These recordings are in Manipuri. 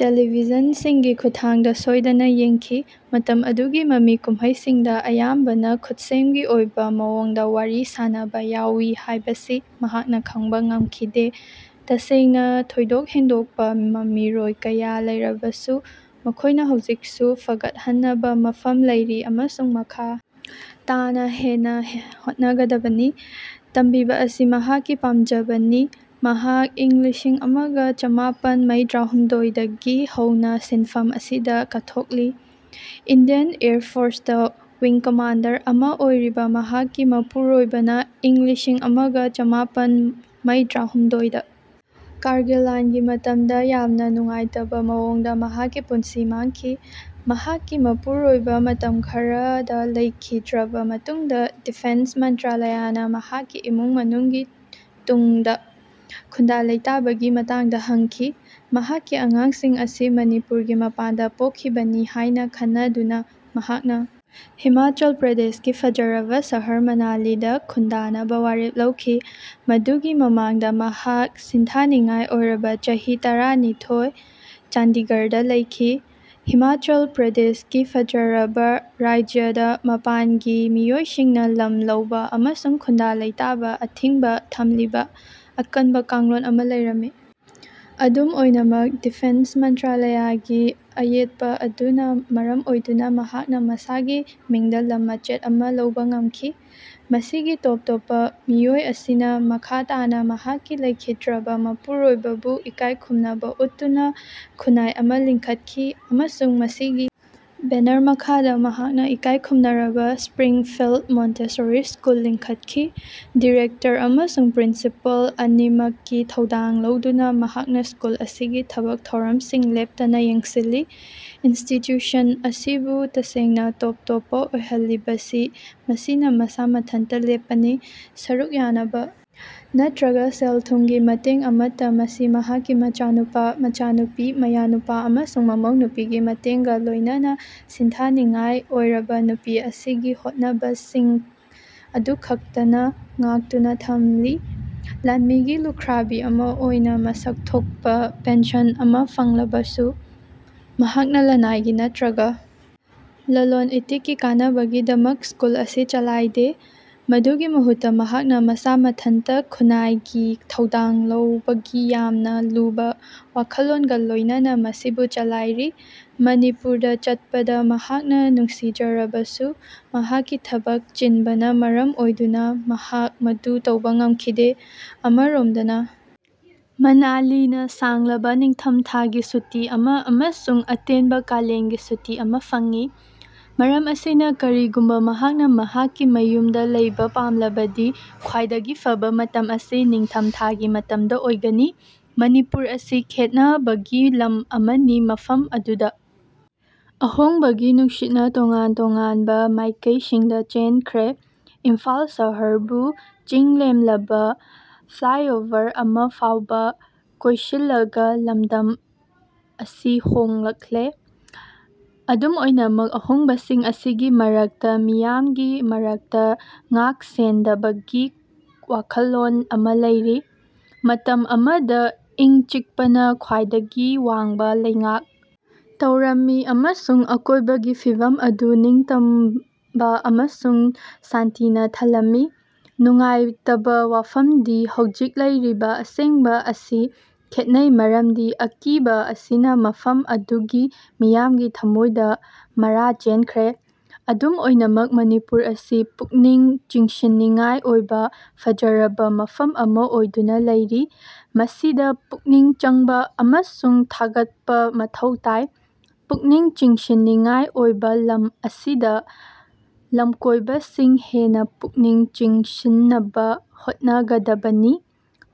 ꯇꯦꯂꯤꯕꯤꯖꯟ ꯁꯤꯡꯒꯤ ꯈꯨꯠꯊꯥꯡꯗ ꯁꯣꯏꯗꯅ ꯌꯦꯡꯈꯤ꯫ ꯃꯇꯝ ꯑꯗꯨꯒꯤ ꯃꯃꯤ ꯀꯨꯝꯍꯩꯁꯤꯡꯗ ꯑꯌꯥꯝꯕꯅ ꯈꯨꯠꯁꯦꯝꯒꯤ ꯑꯣꯏꯕ ꯃꯑꯣꯡꯗ ꯋꯥꯔꯤ ꯁꯥꯅꯕ ꯌꯥꯎꯋꯤ ꯍꯥꯏꯕꯁꯤ ꯃꯍꯥꯛꯅ ꯈꯡꯕ ꯉꯝꯈꯤꯗꯦ꯫ ꯇꯁꯦꯡꯅ ꯊꯣꯏꯗꯣꯛ ꯍꯦꯟꯗꯣꯛꯄ ꯃꯃꯤꯔꯣꯏ ꯀꯌꯥ ꯂꯩꯔꯕꯁꯨ, ꯃꯈꯣꯏꯅ ꯍꯧꯖꯤꯛꯁꯨ ꯐꯒꯠꯍꯟꯅꯕ ꯃꯐꯝ ꯂꯩꯔꯤ ꯑꯃꯁꯨꯡ ꯃꯈꯥ ꯇꯥꯅ ꯍꯦꯟꯅ ꯍꯣꯠꯅꯒꯗꯕꯅꯤ꯫ ꯇꯝꯕꯤꯕ ꯑꯁꯤ ꯃꯍꯥꯛꯀꯤ ꯄꯥꯝꯖꯕꯅꯤ꯫ ꯃꯍꯥꯛ ꯏꯪ ꯂꯤꯁꯤꯡ ꯑꯃꯒ ꯆꯃꯥꯄꯟ ꯃꯩꯗ꯭ꯔꯥꯍꯨꯝꯗꯣꯢ ꯗꯒꯤ ꯍꯧꯅ ꯁꯤꯟꯐꯝ ꯑꯁꯤꯗ ꯀꯠꯊꯣꯛꯂꯤ꯫ Indian air force wing commander ꯑꯃꯥ ꯑꯣꯏꯔꯤꯕ ꯃꯍꯥꯛꯀꯤ ꯃꯄꯨꯔꯣꯏꯕꯅ ꯏꯪ ꯂꯤꯁꯤꯡ ꯑꯃꯒ ꯆꯃꯥꯄꯟ ꯃꯩꯗ꯭ꯔꯥꯍꯨꯝꯗꯣꯢ ꯗ ꯀꯥꯔꯒꯤꯜ ꯂꯥꯟꯒꯤ ꯃꯇꯝꯗ ꯌꯥꯝꯅ ꯅꯨꯡꯉꯥꯏꯇꯕ ꯃꯑꯣꯡꯗ ꯃꯍꯥꯛꯀꯤ ꯄꯨꯟꯁꯤ ꯃꯥꯡꯈꯤ꯫ ꯃꯍꯥꯛꯀꯤ ꯃꯄꯨꯔꯣꯏꯕ ꯃꯇꯝ ꯈꯔꯗ ꯂꯩꯈꯤꯗ꯭ꯔꯕ ꯃꯇꯨꯡꯗ ꯗꯤꯐꯦꯟꯁ ꯃꯟꯇ꯭ꯔꯥꯂꯌꯅ ꯃꯍꯥꯛꯀꯤ ꯏꯃꯨꯡ ꯃꯅꯨꯡꯒꯤ ꯇꯨꯡꯗ ꯈꯨꯟꯗꯥ-ꯂꯩꯇꯥꯕꯒꯤ ꯃꯇꯥꯡꯗ ꯍꯪꯈꯤ꯫ ꯃꯍꯥꯛꯀꯤ ꯑꯉꯥꯡꯁꯤꯡ ꯑꯁꯤ ꯃꯅꯤꯄꯨꯔꯒꯤ ꯃꯄꯥꯟꯗ ꯄꯣꯛꯈꯤꯕꯅꯤ ꯍꯥꯏꯅ ꯈꯟꯅꯗꯨꯅ, ꯃꯍꯥꯛꯅ ꯍꯤꯃꯥꯆꯜ ꯄ꯭ꯔꯗꯦꯁꯀꯤ ꯐꯖꯔꯕ ꯁꯍꯔ ꯃꯅꯥꯂꯤꯗ ꯈꯨꯟꯗꯥꯅꯕ ꯋꯥꯔꯦꯞ ꯂꯧꯈꯤ꯫ ꯃꯗꯨꯒꯤ ꯃꯃꯥꯡꯗ ꯃꯍꯥꯛ ꯁꯤꯡꯊꯥꯅꯤꯡꯉꯥꯏ ꯑꯣꯏꯔꯕ ꯆꯍꯤ ꯇꯔꯥꯅꯤꯊꯣꯢ ꯆꯟꯗꯤꯒꯔꯗ ꯂꯩꯈꯤ꯫ ꯍꯤꯃꯥꯆꯜ ꯄ꯭ꯔꯗꯦꯁꯀꯤ ꯐꯖꯔꯕ ꯔꯥꯢꯖ꯭ꯌꯗ ꯃꯄꯥꯟꯒꯤ ꯃꯤꯑꯣꯏꯁꯤꯡꯅ ꯂꯝ ꯂꯧꯕ ꯑꯃꯁꯨꯡ ꯈꯨꯟꯗꯥ-ꯂꯩꯇꯥꯕ ꯑꯊꯤꯡꯕ ꯊꯝꯂꯤꯕ ꯑꯀꯟꯕ ꯀꯥꯡꯂꯣꯟ ꯑꯃ ꯂꯩꯔꯝꯃꯤ꯫ ꯑꯗꯨꯝ ꯑꯣꯏꯅꯃꯛ, ꯗꯤꯐꯦꯟꯁ ꯃꯟꯇ꯭ꯔꯥꯂꯌꯥꯒꯤ ꯑꯌꯦꯠꯄ ꯑꯗꯨꯅ ꯃꯔꯝ ꯑꯣꯏꯗꯨꯅ ꯃꯍꯥꯛꯅ ꯃꯁꯥꯒꯤ ꯃꯤꯡꯗ ꯂꯝ ꯃꯆꯦꯠ ꯑꯃ ꯂꯧꯕ ꯉꯝꯈꯤ꯫ ꯃꯁꯤꯒꯤ ꯇꯣꯞ-ꯇꯣꯞꯄ ꯃꯤꯑꯣꯏ ꯑꯁꯤꯅ ꯃꯈꯥ ꯇꯥꯅ ꯃꯍꯥꯛꯀꯤ ꯂꯩꯈꯤꯗ꯭ꯔꯕ ꯃꯄꯨꯔꯣꯏꯕꯕꯨ ꯏꯀꯥꯏ ꯈꯨꯝꯅꯕ ꯎꯠꯇꯨꯅ ꯈꯨꯟꯅꯥꯏ ꯑꯃ ꯂꯤꯡꯈꯠꯈꯤ, ꯑꯃꯁꯨꯡ ꯃꯁꯤꯒꯤ ꯕꯦꯅꯔ ꯃꯈꯥꯗ ꯃꯍꯥꯛꯅ ꯏꯀꯥꯏ ꯈꯨꯝꯅꯔꯕ 'ꯢꯁꯄ꯭ꯔꯤꯡꯐꯤꯜꯗ ꯃꯣꯟꯇꯦꯁꯣꯔꯤ ꯁ꯭ꯀꯨꯜ' ꯂꯤꯡꯈꯠꯈꯤ꯫ ꯗꯤꯔꯦꯛꯇꯔ ꯑꯃꯁꯨꯡ ꯄ꯭ꯔꯤꯟꯁꯤꯄꯜ ꯑꯅꯤꯃꯛꯀꯤ ꯊꯧꯗꯥꯡ ꯂꯧꯗꯨꯅ, ꯃꯍꯥꯛꯅ ꯁ꯭ꯀꯨꯜ ꯑꯁꯤꯒꯤ ꯊꯕꯛ ꯊꯧꯔꯝꯁꯤꯡ ꯂꯦꯞꯇꯅ ꯌꯦꯡꯁꯤꯜꯂꯤ꯫ ꯏꯟꯁꯇꯤꯇ꯭ꯌꯨꯁꯟ ꯑꯁꯤꯕꯨ ꯇꯁꯦꯡꯅ ꯇꯣꯞ-ꯇꯣꯞꯄ ꯑꯣꯏꯍꯜꯂꯤꯕꯁꯤ ꯃꯁꯤꯅ ꯃꯁꯥ ꯃꯊꯟꯇ ꯂꯦꯞꯄꯅꯤ, ꯁꯔꯨꯛ ꯌꯥꯅꯕ ꯅꯠꯇ꯭ꯔꯒ ꯁꯦꯜ-ꯊꯨꯝꯒꯤ ꯃꯇꯦꯡ ꯑꯃꯠꯇ ꯃꯁꯤ ꯃꯍꯥꯛꯀꯤ ꯃꯆꯥꯅꯨꯄꯥ, ꯃꯆꯥꯅꯨꯄꯤ, ꯃꯌꯥꯅꯨꯄꯥ ꯑꯃꯁꯨꯡ ꯃꯃꯧꯅꯨꯄꯤꯒꯤ ꯃꯇꯦꯡꯒ ꯂꯣꯏꯅꯅ ꯁꯤꯡꯊꯥꯅꯤꯡꯉꯥꯏ ꯑꯣꯏꯔꯕ ꯅꯨꯄꯤ ꯑꯁꯤꯒꯤ ꯍꯣꯠꯅꯕꯁꯤꯡ ꯑꯗꯨꯈꯛꯇꯅ ꯉꯥꯛꯇꯨꯅ ꯊꯝꯂꯤ꯫ ꯂꯥꯟꯃꯤꯒꯤ ꯂꯨꯈ꯭ꯔꯥꯕꯤ ꯑꯃ ꯑꯣꯏꯅ ꯃꯁꯛ ꯊꯣꯛꯄ ꯄꯦꯟꯁꯟ ꯑꯃ ꯐꯪꯂꯕꯁꯨ, ꯃꯍꯥꯛꯅ ꯂꯅꯥꯏꯒꯤ ꯅꯠꯇ꯭ꯔꯒ ꯂꯂꯣꯟ-ꯏꯇꯤꯛꯀꯤ ꯀꯥꯟꯅꯕꯒꯤꯗꯃꯛ ꯁ꯭ꯀꯨꯜ ꯑꯁꯤ ꯆꯂꯥꯏꯗꯦ꯫ ꯃꯗꯨꯒꯤ ꯃꯍꯨꯠꯇ ꯃꯍꯥꯛꯅ ꯃꯁꯥ ꯃꯊꯟꯇ ꯈꯨꯟꯅꯥꯏꯒꯤ ꯊꯧꯗꯥꯡ ꯂꯧꯕꯒꯤ ꯌꯥꯝꯅ ꯂꯨꯕ ꯋꯥꯈꯜꯂꯣꯟꯒ ꯂꯣꯏꯅꯅ ꯃꯁꯤꯕꯨ ꯆꯂꯥꯏꯔꯤ꯫ ꯃꯅꯤꯄꯨꯔꯗ ꯆꯠꯄꯗ ꯃꯍꯥꯛꯅ ꯅꯨꯡꯁꯤꯖꯔꯕꯁꯨ ꯃꯍꯥꯛꯀꯤ ꯊꯕꯛ ꯆꯤꯟꯕꯅ ꯃꯔꯝ ꯑꯣꯏꯗꯨꯅ ꯃꯍꯥꯛ ꯃꯗꯨ ꯇꯧꯕ ꯉꯝꯈꯤꯗꯦ꯫ ꯑꯃꯔꯣꯝꯗꯅ ꯃꯅꯥꯂꯤꯅ ꯁꯥꯡꯂꯕ ꯅꯤꯡꯊꯝꯊꯥꯒꯤ ꯁꯨꯇꯤ ꯑꯃ ꯑꯃꯁꯨꯡ ꯑꯇꯦꯟꯕ ꯀꯥꯂꯦꯟꯒꯤ ꯁꯨꯇꯤ ꯑꯃ ꯐꯪꯏ꯫ ꯃꯔꯝ ꯑꯁꯤꯅ ꯀꯔꯤꯒꯨꯝꯕ ꯃꯍꯥꯛꯅ ꯃꯍꯥꯛꯀꯤ ꯃꯌꯨꯝꯗ ꯂꯩꯕ ꯄꯥꯝꯂꯕꯗꯤ ꯈ꯭ꯋꯥꯏꯗꯒꯤ ꯐꯕ ꯃꯇꯝ ꯑꯁꯤ ꯅꯤꯡꯊꯝꯊꯥꯒꯤ ꯃꯇꯝꯗ ꯑꯣꯏꯒꯅꯤ꯫ ꯃꯅꯤꯄꯨꯔ ꯑꯁꯤ ꯈꯦꯠꯅꯕꯒꯤ ꯂꯝ ꯑꯃꯅꯤ ꯃꯐꯝ ꯑꯗꯨꯗ ꯑꯍꯣꯡꯕꯒꯤ ꯅꯨꯡꯁꯤꯠꯅ ꯇꯣꯉꯥꯟ ꯇꯣꯉꯥꯟꯕ ꯃꯥꯏꯀꯩꯁꯤꯡꯗ ꯆꯦꯟꯈ꯭ꯔꯦ꯫ ꯏꯝꯐꯥꯜ ꯁꯍꯔꯕꯨ ꯆꯤꯡꯂꯦꯝꯂꯕ ꯐ꯭ꯂꯥꯏꯑꯣꯕꯔ ꯑꯃ ꯐꯥꯎꯕ ꯀꯣꯏꯁꯤꯜꯂꯒ ꯂꯝꯗꯝ ꯑꯁꯤ ꯍꯣꯡꯂꯛꯂꯦ꯫ ꯑꯗꯨꯝ ꯑꯣꯏꯅꯃꯛ ꯑꯍꯣꯡꯕꯁꯤꯡ ꯑꯁꯤꯒꯤ ꯃꯔꯛꯇ ꯃꯤꯌꯥꯝꯒꯤ ꯃꯔꯛꯇ ꯉꯥꯛ-ꯁꯦꯟꯗꯕꯒꯤ ꯋꯥꯈꯜꯂꯣꯟ ꯑꯃ ꯂꯩꯔꯤ꯫ ꯃꯇꯝ ꯑꯃꯗ ꯏꯪ-ꯆꯤꯛꯄꯅ ꯈ꯭ꯋꯥꯏꯗꯒꯤ ꯋꯥꯡꯕ ꯂꯩꯉꯥꯛ ꯇꯧꯔꯝꯃꯤ ꯑꯃꯁꯨꯡ ꯑꯀꯣꯏꯕꯒꯤ ꯐꯤꯚꯝ ꯑꯗꯨ ꯅꯤꯡꯇꯝꯕ ꯑꯃꯁꯨꯡ ꯁꯥꯟꯇꯤꯅ ꯊꯜꯂꯝꯃꯤ꯫ ꯅꯨꯡꯉꯥꯏꯇꯕ ꯋꯥꯐꯝꯗꯤ ꯍꯧꯖꯤꯛ ꯂꯩꯔꯤꯕ ꯑꯁꯦꯡꯕ ꯑꯁꯤ ꯈꯦꯠꯅꯩ ꯃꯔꯝꯗꯤ ꯑꯀꯤꯕ ꯑꯁꯤꯅ ꯃꯐꯝ ꯑꯗꯨꯒꯤ ꯃꯤꯌꯥꯝꯒꯤ ꯊꯃꯣꯏꯗ ꯃꯔꯥ ꯆꯦꯟꯈ꯭ꯔꯦ꯫ ꯑꯗꯨꯝ ꯑꯣꯏꯅꯃꯛ ꯃꯅꯤꯄꯨꯔ ꯑꯁꯤ ꯄꯨꯛꯅꯤꯡ ꯆꯤꯡꯁꯤꯟꯅꯤꯡꯉꯥꯏ ꯑꯣꯏꯕ ꯐꯖꯔꯕ ꯃꯐꯝ ꯑꯃ ꯑꯣꯏꯗꯨꯅ ꯂꯩꯔꯤ꯫ ꯃꯁꯤꯗ ꯄꯨꯛꯅꯤꯡ ꯆꯪꯕ ꯑꯃꯁꯨꯡ ꯊꯥꯒꯠꯄ ꯃꯊꯧ ꯇꯥꯏ꯫ ꯄꯨꯛꯅꯤꯡ ꯆꯤꯡꯁꯤꯟꯅꯤꯡꯉꯥꯏ ꯑꯣꯏꯕ ꯂꯝ ꯑꯁꯤꯗ ꯂꯝꯀꯣꯏꯕꯁꯤꯡ ꯍꯦꯟꯅ ꯄꯨꯛꯅꯤꯡ ꯆꯤꯡꯁꯤꯟꯅꯕ ꯍꯣꯠꯅꯒꯗꯕꯅꯤ꯫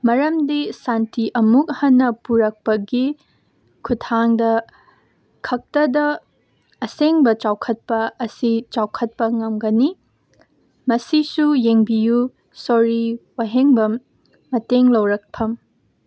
ꯃꯔꯝꯗꯤ ꯁꯥꯟꯇꯤ ꯑꯃꯨꯛ ꯍꯟꯅ ꯄꯨꯔꯛꯄꯒꯤ ꯈꯨꯠꯊꯥꯡꯗ ꯈꯛꯇꯗ ꯑꯁꯦꯡꯕ ꯆꯥꯎꯈꯠꯄ ꯑꯁꯤ ꯆꯥꯎꯈꯠꯄ ꯉꯝꯒꯅꯤ꯫ ꯃꯁꯤꯁꯨ ꯌꯦꯡꯕꯤꯌꯨ ꯁꯣꯔꯤ ꯋꯥꯍꯦꯡꯕꯝ, ꯃꯇꯦꯡ ꯂꯧꯔꯛꯐꯝ।